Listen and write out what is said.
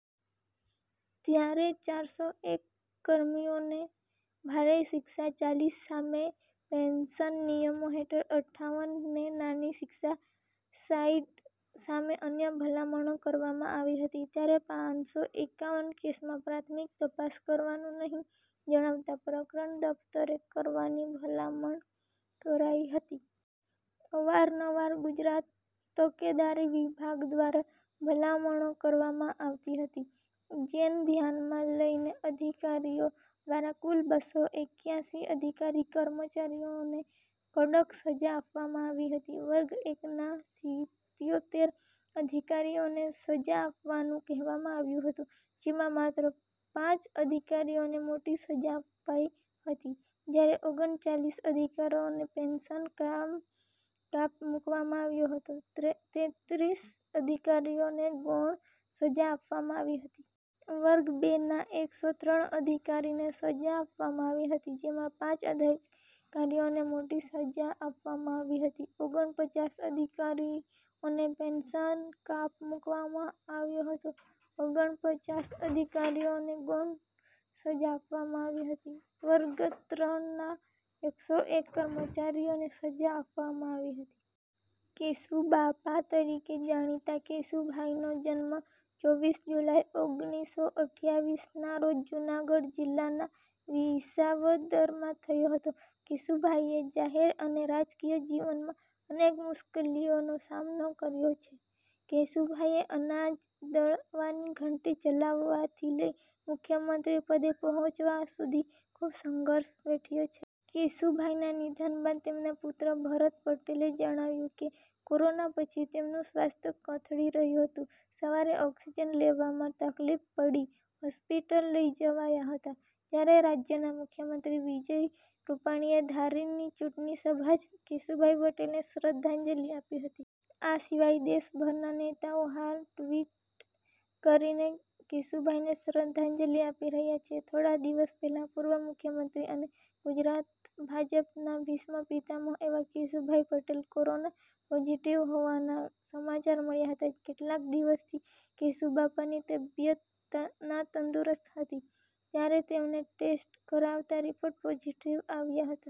ત્યારે ચારસો એક કર્મીઓને ભારે શિક્ષા, ચાલીસ સામે પેન્શન નિયમો હેઠળ અઠ્ઠાવન ને નાની શિક્ષા, સાઇઠ સામે અન્ય ભલામણો કરવામાં આવી હતી, ત્યારે પાંસો એકાવન કેસમાં પ્રાથમિક તપાસ કરવાનું નહીં જણાતા પ્રકરણ દફ્તરે કરવાની ભલામણ કરાઇ હતી. અવાર-નવાર ગુજરાત તકેદારી વિભાગ દ્વારા ભલામણો કરવામાં આવતી હતી. જેન ધ્યાનમાં લઇને અધિકારીઓ દ્વારા કુલ બસો એકયાસી અધિકારી-કર્મચારીઓને કડક સજા આપવામાં આવી હતી. વર્ગ એક ના સિત્યોતેર અધિકારીઓને સજા આપવાનું કહેવામાં આવ્યું હતું, જેમાં માત્ર પાંચ અધિકારીઓને મોટી સજા અપાય હતી, જયારે ઓગણચાલીસ અધિકારો ને પેન્શન કામ કાપ મુકવામાં આવ્યો હતો, તેત્રીસ અધિકારીઓને ગૌણ સજા આપવામાં આવી હતી. વર્ગ બે ના એકસો ત્રણ અધિકારીને સજા આપવામાં આવી હતી જેમાં પાંચ અધિકારીઓને મોટી સજા આપવામાં આવી હતી, ઓગણપચાસ અધિકારીઓને પેન્શન કાપ મુકવામાં આવ્યો હતો, ઓગણપચાસ અધિકારીઓને ગૌણ સજા આપવામાં આવી હતી. વર્ગ-ત્રણ ના એકસો એક કર્મચારીઓને સજા આપવામાં આવી હતી. કેશુ બાપા તરીકે જાણીતા કેશુભાઈનો જન્મ ચોવીસ જુલાઈ ઓગણીસો અઠયાવીસ ના રોજ જૂનાગઢ જિલ્લાના વિસાવદરમાં થયો હતો. કેશુભાઈએ જાહેર અને રાજકીય જીવનમાં અનેક મુશ્કેલીઓનો સામનો કર્યો છે. કેશુભાઈએ અનાજ દળવાની ઘંટી ચલાવવાથી લઈ મુખ્યમંત્રી પદે પહોંચવા સુધી ખૂબ સંઘર્ષ વેઠ્યો છે. કેશુભાઈના નિધન બાદ તેમના પુત્ર ભરત પટેલે જણાવ્યું કે, કોરોના પછી તેમનું સ્વાસ્થ્ય કથળી રહ્યું હતું. સવારે ઓક્સિજન લેવામાં તકલીફ પડી, હોસ્પિટલ લઇ જવાયા હતા. જ્યારે રાજ્યના મુખ્યમંત્રી વિજય રૂપાણીએ ધારીની ચૂંટણી સભા જ કેશુભાઈ પટેલને શ્રદ્ધાંજલિ અર્પી હતી. આ સિવાય દેશભરના નેતાઓ હાલ ટ્વીટ કરીને કેશુભાઈને શ્રદ્ધાંજલિ આપી રહ્યા છે. થોડા દિવસ પહેલા પૂર્વ મુખ્યમંત્રી અને ગુજરાત ભાજપના ભીષ્મ પિતામહ એવા કેશુભાઈ પટેલ કોરોના પોઝિટિવ હોવાના સમાચાર મળ્યા હતા. કેટલાક દિવસથી કેશુબાપાની તબિયત ના તંદુરસ્ત હતી, ત્યારે તેમનો ટેસ્ટ કરાવાતાં રિપોર્ટ પોઝિટિવ આવ્યા હતા.